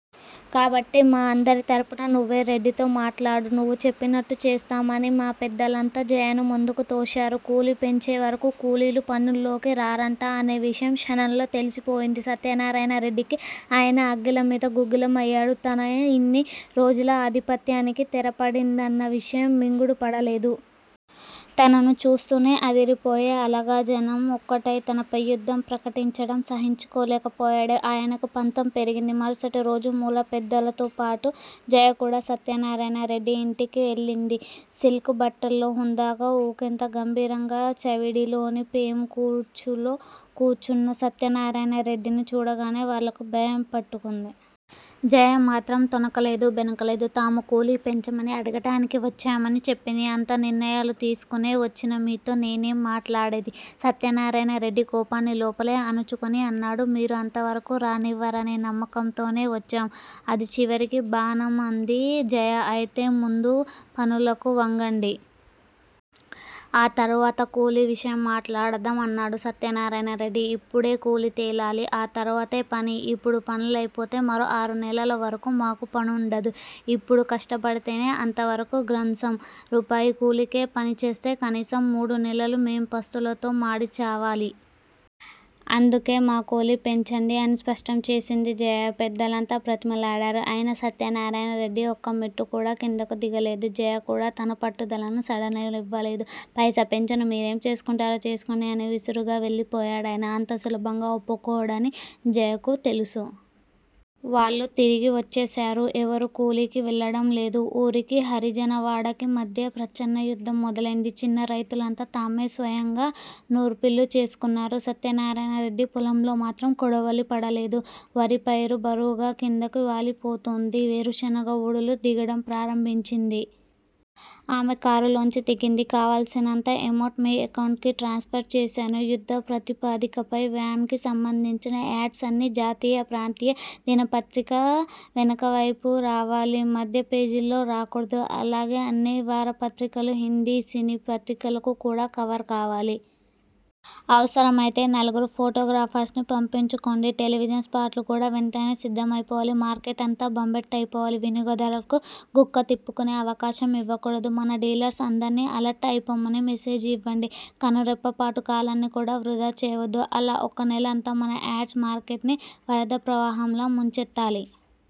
కాబట్టి మా అందరి తరపున నువ్వే రెడ్డితో మాట్లాడు. నువు చెప్పినట్టు చేస్తాం అని మా పెద్దలంతా జయను ముందుకు తోశారు. కూలీ పెంచేవరకు కూలీలు పనుల్లోకి రారంట అనే విషయం క్షణంలో తెలిసిపోయింది సత్యనారాయణరెడ్డికి. ఆయన అగ్గిలం మీద గుగ్గిలం అయ్యాడు. తన ఇన్ని రోజుల ఆధిపత్యానికి తెర పడిందన్న విషయం మింగుడు పడలేదు. తనను చూస్తూనే అదిరిపోయే అలగా జనం ఒక్కటై తనపై యుద్ధం ప్రకటించడం సహించులేకపోయాడే. ఆయనకు పంతం పెరిగింది. మరుసటి రోజు మాల పెద్దలతోపాటు జయ కూడా సత్యనారాయణరెడ్డి ఇంటికెళ్ళింది. సిల్క్ బట్టల్లో హుందాగా, ఒకింత గంభీరంగా చవిడిలోని పేము కుర్చీలో కూర్చున్న సత్యనారాయణరెడ్డిని చూడగానే వాళ్ళకు భయం పట్టుకుంది. జయ మాత్రం తొణకలేదు. బెణకలేదు. తాము కూలీ పెంచమని అడగటానికి వచ్చామని చెప్పింది. అంతా నిర్ణయాలు తీసుకునే వచ్చిన మీతో నేనేం మాట్లాడేది? సత్యనారాయణరెడ్డి కోపాన్ని లోపలే అణచుకొని అన్నాడు. మీరు అంతవరకు రానివ్వరనే నమ్మకంతోనే వచ్చాం. అది చివరి బాణం అంది జయ. అయితే ముందు పనులకు వంగండి. ఆ తరువాత కూలీ విషయం మాట్లాడదాం అన్నాడు సత్యనారాయణరెడ్డి. ఇప్పుడే కూలీ తేలాలి. ఆ తరువాతే పని. ఇప్పుడు పనులైపోతే మరో ఆరు నెలల వరకు మాకు పనుండదు. ఇప్పుడు కష్టపడితేనే అంతవరకు గ్రంసం. రూపాయి కూలీకే పనిచేస్తే కనీసం మూడు నెలలు మేం పస్తులతో మాడి చావాలి. అందుకే మా కూలీ పెంచండి అని స్పష్టం చేసింది జయ. పెద్దలంతా బ్రతిమలాడారు. అయినా సత్యనారాయణరెడ్డి ఒక్క మెట్టు కూడా కిందకు దిగలేదు. జయ కూడా తన పట్టుదలను సడలనివ్వలేదు. పైసా పెంచను. మీరేం చేసుకుంటారో చేసుకోండి అని విసురుగా వెళ్ళిపోయాడాయన. అంత సులభంగా ఒప్పుకోడని జయకూ తెలుసు. వాళ్ళు తిరిగి వచ్చేశారు. ఎవరూ కూలీకి వెళ్ళడం లేదు. ఊరికీ, హరిజనవాడకీ మధ్య ప్రచ్చన్న యుద్ధం మొదలైంది. చిన్న రైతులంతా తామే స్వయంగా నూర్పిళ్ళు చేసుకున్నారు. సత్యనారాయణరెడ్డి పొలంలో మాత్రం కొడవలి పడలేదు. వరి పైరు బరువుగా కిందకు వాలిపోతోంది. వేరుశనగ వూడలు దిగడం ప్రారంభించింది. ఆమె కారులోంచి దిగింది. కావల్సినంత ఎమౌంట్ మీ ఎకౌంట్ కి ట్రాన్స్ ఫర్ చేశాను. యుద్ద ప్రాతిపదికపై వ్యాన్ కి సంబంధించిన యాడ్స్ అన్నీ జాతీయ, ప్రాంతీయ దినపత్రిక వెనుకవైపు రావాలి. మధ్య పేజీల్లో రాకూడదు. అలాగే అన్ని వారపత్రికలు, హిందీ సినీపత్రికలకు కూడా కవర్ కావాలి. అవసరమైతే నలుగురు ఫోటోగ్రాఫర్స్ ని పపించుకోండి. టెలివిజన్ స్పాట్లు కూడా వెంటనే సిద్దమైపోవాలి. మార్కెట్ అంతా బంబాట్ అయిపోవాలి. వినియోగదారులకు గుక్కతిప్పుకునే అవకాశం యివ్వకూడదు. మన డీలర్స్ అందర్నీ అలర్ట్ అయిపొమ్మని మెసేజ్ ఇవ్వండి. కనురెప్పపాటు కాలాన్ని కూడా వృధా చేయవద్దు. అలా ఒక్క నెలంతా మన యాడ్స్ మార్కెట్ ని వరద ప్రవాహంలా ముంచెత్తాలి.